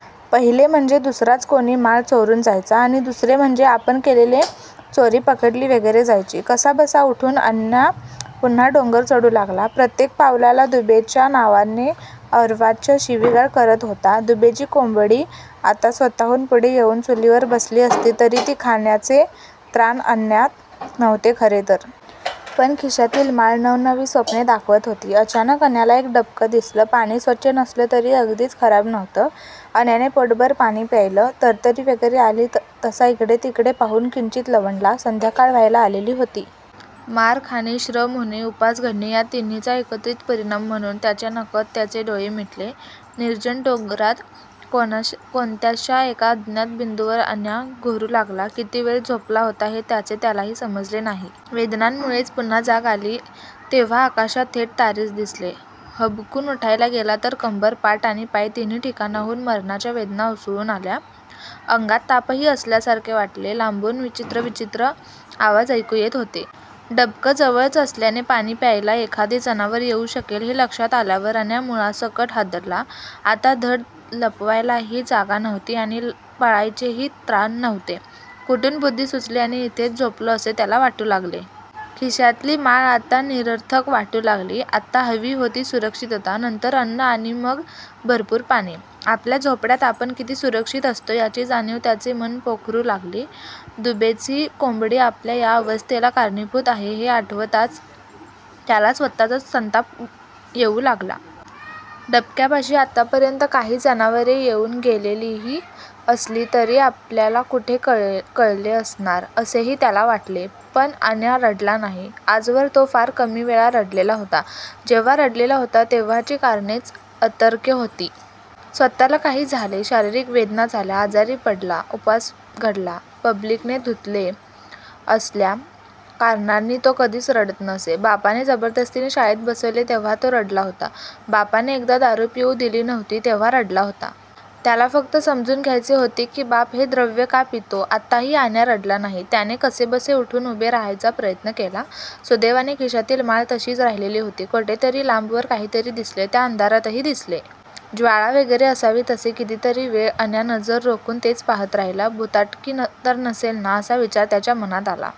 पहिले म्हणजे दुसराच कोणी माळ चोरून जायचा. आणि दुसरे म्हणजे आपण केलेली चोरी पकडली वगैरे जायची. कसाबसा उठून अन्या पुन्हा डोंगर चढू लागला. प्रत्येक पावलाला दुबेच्या नावाने अर्वाच्य शिवीगाळ करत होता. दुबेची कोंबडी आत्ता स्वतःहून पुढे येऊन चुलीवर बसली असती तरी ती खाण्याचे त्राण अन्यात नव्हते खरे तर! पण खिशातील माळ नवनवी स्वप्ने दाखवत होती. अचानक अन्याला एक डबकं दिसलं! पाणी स्वच्छ नसलं तरी अगदीच खराब नव्हतं! अन्याने पोटभर पाणी प्यायलं! तरतरी वगैरे आली तसा इकडेतिकडे पाहून किंचित लवंडला. संध्याकाळ व्हायला आलेली होती. मार खाणे, श्रम होणे, उपास घडणे या तिन्हीचा एकत्रीत परिणाम म्हणून त्याच्या नकळत त्याचे डोळे मिटले. निर्जन डोंगरात कोणत्याश्या एका अज्ञात बिंदूवर अन्या घोरू लागला. किती वेळ झोपला होता हे त्याचे त्यालाही समजले नाही. वेदनांमुळेच पुन्हा जाग आली तेव्हा आकाशात थेट तारेच दिसले. हबकून उठायला गेला तर कंबर, पाठ आणि पाय तिन्ही ठिकाणाहून मरणाच्या वेदना उसळून आल्या. अंगात तापही असल्यासारखे वाटले. लांबून चित्रविचित्र आवाज ऐकू येत होते. डबकं जवळच असल्याने पाणी प्यायला एखादे जनावर येऊ शकेल हे लक्षात आल्यावर अन्या मुळासकट हादरला. आता धड लपायलाही जागा नव्हती आणि पळायचेही त्राण नव्हते. कुठून बुद्धी सुचली आणि इथेच झोपलो असे त्याला वाटू लागले. खिशातली माळ आता निरर्थक वाटू लागली. आत्ता हवी होती सुरक्षितता, नंतर अन्न आणि मग भरपूर पाणी! आपल्या झोपड्यात आपण किती सुरक्षित असतो याची जाणीव त्याचे मन पोखरू लागली. दुबेची कोंबडी आपल्या या अवस्थेला कारणीभूत आहे हे आठवताच त्याला स्वतःचाच संताप येऊ लागला. डबक्यापाशी आत्तापर्यंत काही जनावरे येऊन गेलेलीही असली तरी आपल्याला कुठे कळले असणार असेही त्याला वाटले. पण अन्या रडला नाही. आजवर तो फार कमी वेळा रडलेला होता. जेव्हा रडलेला होता तेव्हाची कारणेच अतर्क्य होती. स्वतःला काही झाले, शारीरिक वेदना झाल्या, आजारी पडला, उपास घडला, पब्लिकने धुतले असल्या कारणांनी तो कधीच रडत नसे. बापाने जबरदस्तीने शाळेत बसवले तेव्हा तो रडला होता. बापाने एकदा दारू पिऊ दिली नव्हती तेव्हा रडला होता. त्याला फक्त समजून घ्यायचे होते की बाप हे द्रव्य का पितो. आत्ताही अन्या रडला नाही. त्याने कसेबसे उठून उभे राहायचा प्रयत्न केला. सुदैवाने खिशातील माळ तशीच राहिलेली होती. कोठेतरी लांबवर काहीतरी दिसले. त्या अंधारातही दिसले. ज्वाळा वगैरे असावी तसे! कितीतरी वेळ अन्या नजर रोखून तेच पाहात राहिला. भुताटकी तर नसेल ना असा विचार त्याच्या मनात आला.